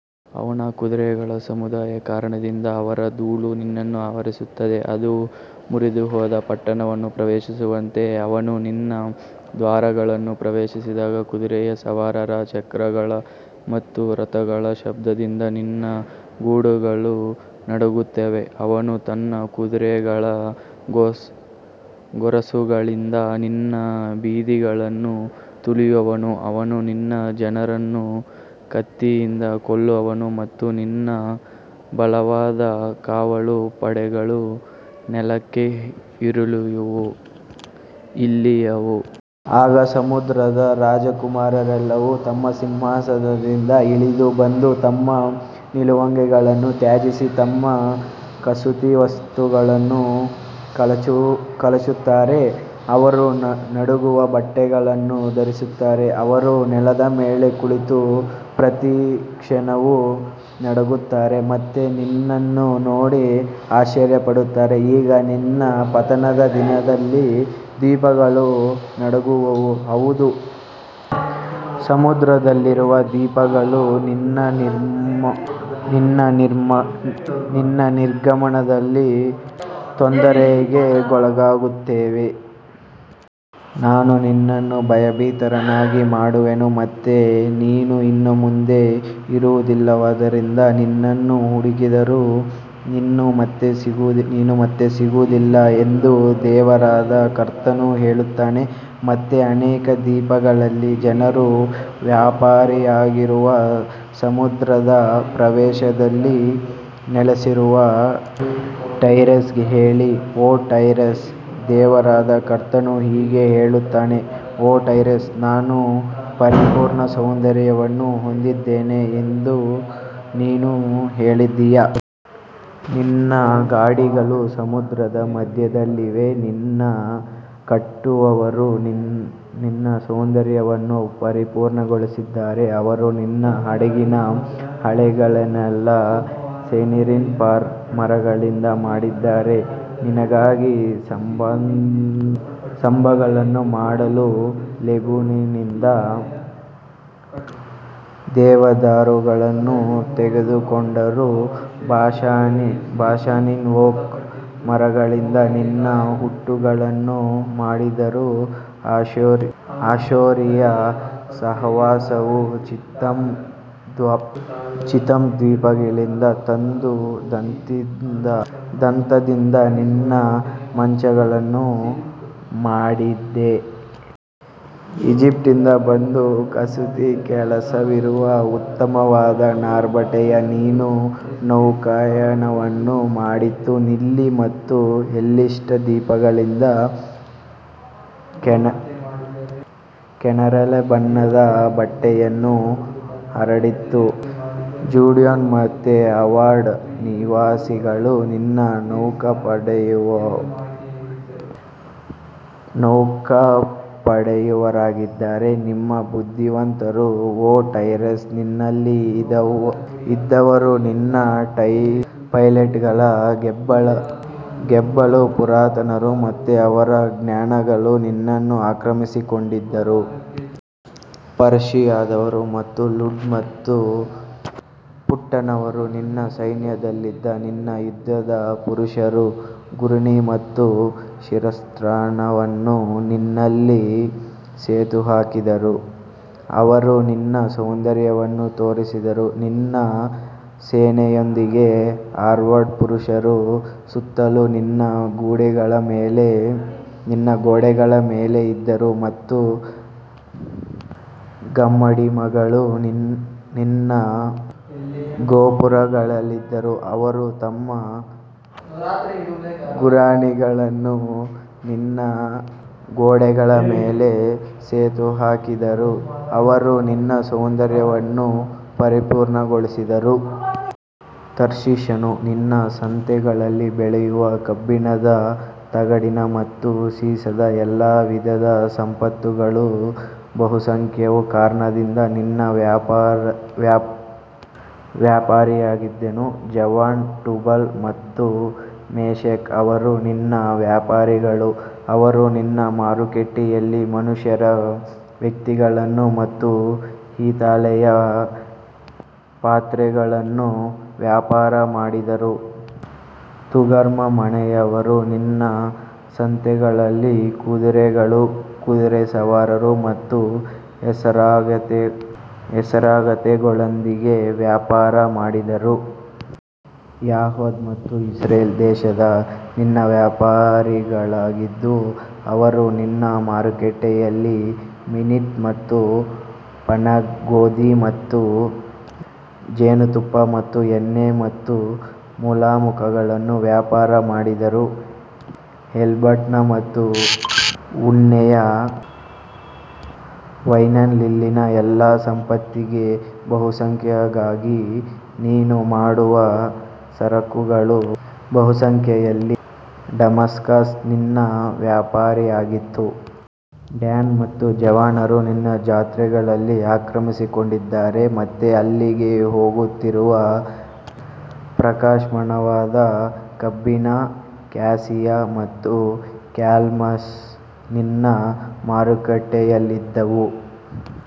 ಅವನ ಕುದುರೆಗಳ ಸಮೃದ್ಧಿಯ ಕಾರಣದಿಂದ ಅವರ ಧೂಳು ನಿನ್ನನ್ನು ಆವರಿಸುತ್ತದೆ, ಅದು ಮುರಿದುಹೋದ ಪಟ್ಟಣವನ್ನು ಪ್ರವೇಶಿಸುವಂತೆ ಅವನು ನಿನ್ನ ದ್ವಾರಗಳನ್ನು ಪ್ರವೇಶಿಸಿದಾಗ ಕುದುರೆ ಸವಾರರ, ಚಕ್ರಗಳ ಮತ್ತು ರಥಗಳ ಶಬ್ದದಿಂದ ನಿನ್ನ ಗೋಡೆಗಳು ನಡುಗುತ್ತವೆ. ಅವನು ತನ್ನ ಕುದುರೆಗಳ ಗೊರಸುಗಳಿಂದ ನಿನ್ನ ಬೀದಿಗಳನ್ನು ತುಳಿಯುವನು, ಅವನು ನಿನ್ನ ಜನರನ್ನು ಕತ್ತಿಯಿಂದ ಕೊಲ್ಲುವನು ಮತ್ತು ನಿನ್ನ ಬಲವಾದ ಕಾವಲು ಪಡೆಗಳು ನೆಲಕ್ಕೆ ಇಳಿಯುವವು. ಆಗ ಸಮುದ್ರದ ರಾಜಕುಮಾರರೆಲ್ಲರೂ ತಮ್ಮ ಸಿಂಹಾಸನದಿಂದ ಇಳಿದು ಬಂದು ತಮ್ಮ ನಿಲುವಂಗಿಗಳನ್ನು ತ್ಯಜಿಸಿ ತಮ್ಮ ಕಸೂತಿ ವಸ್ತ್ರಗಳನ್ನು ಕಳಚುತ್ತಾರೆ. ಅವರು ನಡುಗುವ ಬಟ್ಟೆಗಳನ್ನು ಧರಿಸುತ್ತಾರೆ, ಅವರು ನೆಲದ ಮೇಲೆ ಕುಳಿತು ಪ್ರತಿ ಕ್ಷಣವೂ ನಡುಗುತ್ತಾರೆ ಮತ್ತು ನಿನ್ನನ್ನು ನೋಡಿ ಆಶ್ಚರ್ಯಪಡುತ್ತಾರೆ. ಈಗ ನಿನ್ನ ಪತನದ ದಿನದಲ್ಲಿ ದ್ವೀಪಗಳು ನಡುಗುವವು, ಹೌದು, ಸಮುದ್ರದಲ್ಲಿರುವ ದ್ವೀಪಗಳು ನಿನ್ನ ನಿರ್ಗಮನದಲ್ಲಿ ತೊಂದರೆಗೊಳಗಾಗುತ್ತವೆ. ನಾನು ನಿನ್ನನ್ನು ಭಯಭೀತರನ್ನಾಗಿ ಮಾಡುವೆನು ಮತ್ತು ನೀನು ಇನ್ನು ಮುಂದೆ ಇರುವುದಿಲ್ಲವಾದ್ದರಿಂದ ನಿನ್ನನ್ನು ಹುಡುಕಿದರೂ ನೀನು ಮತ್ತೆ ಸಿಗುವುದಿಲ್ಲ ಎಂದು ದೇವರಾದ ಕರ್ತನು ಹೇಳುತ್ತಾನೆ. ಮತ್ತು ಅನೇಕ ದ್ವೀಪಗಳಿಗೆ ಜನರ ವ್ಯಾಪಾರಿಯಾಗಿರುವ ಸಮುದ್ರದ ಪ್ರವೇಶದಲ್ಲಿ ನೆಲೆಸಿರುವ ಟೈರಸ್ಗೆ ಹೇಳು, ಓ ಟೈರಸ್, ದೇವರಾದ ಕರ್ತನು ಹೀಗೆ ಹೇಳುತ್ತಾನೆ, ಓ ಟೈರಸ್, ನಾನು ಪರಿಪೂರ್ಣ ಸೌಂದರ್ಯವನ್ನು ಹೊಂದಿದ್ದೇನೆ ಎಂದು ನೀನು ಹೇಳಿದ್ದೀಯ. ನಿನ್ನ ಗಡಿಗಳು ಸಮುದ್ರದ ಮಧ್ಯದಲ್ಲಿವೆ, ನಿನ್ನ ಕಟ್ಟುವವರು ನಿನ್ನ ಸೌಂದರ್ಯವನ್ನು ಪರಿಪೂರ್ಣಗೊಳಿಸಿದ್ದಾರೆ. ಅವರು ನಿನ್ನ ಹಡಗಿನ ಹಲಗೆಗಳನ್ನೆಲ್ಲಾ ಸೆನೀರಿನ ಫರ್ ಮರಗಳಿಂದ ಮಾಡಿದ್ದಾರೆ, ನಿನಗಾಗಿ ಸ್ತಂಭಗಳನ್ನು ಮಾಡಲು ಲೆಬನೋನ್ನಿಂದ ದೇವದಾರುಗಳನ್ನು ತೆಗೆದುಕೊಂಡರು. ಬಾಷಾನಿನ ಓಕ್ ಮರಗಳಿಂದ ನಿನ್ನ ಹುಟ್ಟುಗಳನ್ನು ಮಾಡಿದರು, ಅಶ್ಶೂರಿಯರ ಸಹವಾಸವು ಚಿತ್ತೀಮ್ ದ್ವೀಪಗಳಿಂದ ತಂದ ದಂತದಿಂದ ನಿನ್ನ ಮಂಚಗಳನ್ನು ಮಾಡಿದೆ. ಈಜಿಪ್ಟ್ನಿಂದ ಬಂದ ಕಸೂತಿ ಕೆಲಸವಿರುವ ಉತ್ತಮವಾದ ನಾರುಬಟ್ಟೆಯು ನಿನ್ನ ನೌಕಾಯಾನವನ್ನು ಮಾಡಿತು, ನೀಲಿ ಮತ್ತು ಎಲಿಷಾ ದ್ವೀಪಗಳಿಂದ ಕೆನ್ನೇರಳೆ ಬಣ್ಣದ ಬಟ್ಟೆಯನ್ನು ಹರಡಿತು. ಝೀಡೋನ್ ಮತ್ತು ಅರ್ವಾದ್ ನಿವಾಸಿಗಳು ನಿನ್ನ ನೌಕಾಪಡೆಯವರಾಗಿದ್ದರು, ನಿಮ್ಮ ಬುದ್ಧಿವಂತರು ಓ ಟೈರಸ್, ನಿನ್ನಲ್ಲಿ ಇದ್ದವರು ನಿನ್ನ ಪೈಲಟ್ಗಳು, ಗೆಬಲ್ನ ಪುರಾತನರು ಮತ್ತು ಅವರ ಜ್ಞಾನಿಗಳು ನಿನ್ನನ್ನು ಆಕ್ರಮಿಸಿಕೊಂಡರು. ಪರ್ಷಿಯಾದವರು ಮತ್ತು ಲುದ್ ಮತ್ತು ಫುಟ್ನವರು ನಿನ್ನ ಸೈನ್ಯದಲ್ಲಿದ್ದ ನಿನ್ನ ಯುದ್ಧದ ಪುರುಷರು, ಗುರಾಣಿ ಮತ್ತು ಶಿರಸ್ತ್ರಾಣವನ್ನು ನಿನ್ನಲ್ಲಿ ನೇತುಹಾಕಿದರು, ಅವರು ನಿನ್ನ ಸೌಂದರ್ಯವನ್ನು ತೋರಿಸಿದರು. ನಿನ್ನ ಸೇನೆಯೊಂದಿಗೆ ಅರ್ವಾದ್ನ ಪುರುಷರು ಸುತ್ತಲೂ ನಿನ್ನ ಗೋಡೆಗಳ ಮೇಲೆ ಇದ್ದರು ಮತ್ತು ಗಮ್ಮಡಿಮ್ಗಳು ನಿನ್ನ ಗೋಪುರಗಳಲ್ಲಿದ್ದರು. ಅವರು ತಮ್ಮ ಗುರಾಣಿಗಳನ್ನು ನಿನ್ನ ಗೋಡೆಗಳ ಮೇಲೆ ನೇತುಹಾಕಿದರು, ಅವರು ನಿನ್ನ ಸೌಂದರ್ಯವನ್ನು ಪರಿಪೂರ್ಣಗೊಳಿಸಿದರು. ತರ್ಷೀಷನು ನಿನ್ನ ಸಂತೆಗಳಲ್ಲಿ ಬೆಳ್ಳಿಯ, ಕಬ್ಬಿಣದ, ತಗಡಿನ ಮತ್ತು ಸೀಸದ ಎಲ್ಲಾ ವಿಧದ ಸಂಪತ್ತುಗಳ ಬಹುಸಂಖ್ಯೆಯ ಕಾರಣದಿಂದ ನಿನ್ನ ವ್ಯಾಪಾರಿಯಾಗಿದ್ದನು. ಜಾವಾನ್, ಟುಬಲ್ ಮತ್ತು ಮೆಷೆಕ್ ಅವರು ನಿನ್ನ ವ್ಯಾಪಾರಿಗಳು, ಅವರು ನಿನ್ನ ಮಾರುಕಟ್ಟೆಯಲ್ಲಿ ಮನುಷ್ಯರ ವ್ಯಕ್ತಿಗಳನ್ನು ಮತ್ತು ಹಿತ್ತಾಳೆಯ ಪಾತ್ರೆಗಳನ್ನು ವ್ಯಾಪಾರ ಮಾಡಿದರು. ತೊಗರ್ಮಾ ಮನೆಯವರು ನಿನ್ನ ಸಂತೆಗಳಲ್ಲಿ ಕುದುರೆಗಳು, ಕುದುರೆಸವಾರರು ಮತ್ತು ಹೇಸರಗತ್ತೆಗಳೊಂದಿಗೆ ವ್ಯಾಪಾರ ಮಾಡಿದರು. ಯೆಹೂದ ಮತ್ತು ಇಸ್ರಾಯೇಲ್ ದೇಶವು ನಿನ್ನ ವ್ಯಾಪಾರಿಗಳಾಗಿದ್ದು, ಅವರು ನಿನ್ನ ಮಾರುಕಟ್ಟೆಯಲ್ಲಿ ಮಿನ್ನಿತ್ ಮತ್ತು ಪನ್ನಾಗ್ ಗೋಧಿ ಮತ್ತು ಜೇನುತುಪ್ಪ ಮತ್ತು ಎಣ್ಣೆ ಮತ್ತು ಮುಲಾಮುಗಳನ್ನು ವ್ಯಾಪಾರ ಮಾಡಿದರು. ಹೆಲ್ಬನ್ ಮತ್ತು ಬಿಳಿ ಉಣ್ಣೆಯ ವೈನ್ನಲ್ಲಿನ ಎಲ್ಲಾ ಸಂಪತ್ತಿನ ಬಹುಸಂಖ್ಯೆಗಾಗಿ ನೀನು ಮಾಡುವ ಸರಕುಗಳ ಬಹುಸಂಖ್ಯೆಯಲ್ಲಿ ಡಮಾಸ್ಕಸ್ ನಿನ್ನ ವ್ಯಾಪಾರಿಯಾಗಿತ್ತು. ಡ್ಯಾನ್ ಮತ್ತು ಜವಾನರು ನಿನ್ನ ಜಾತ್ರೆಗಳಲ್ಲಿ ಆಕ್ರಮಿಸಿಕೊಂಡಿದ್ದಾರೆ ಮತ್ತು ಅಲ್ಲಿಗೆ ಹೋಗುತ್ತಿರುವ ಪ್ರಕಾಶಮಾನವಾದ ಕಬ್ಬಿಣ, ಕ್ಯಾಸಿಯಾ ಮತ್ತು ಕ್ಯಾಲಮಸ್ ನಿನ್ನ ಮಾರುಕಟ್ಟೆಯಲ್ಲಿದ್ದವು.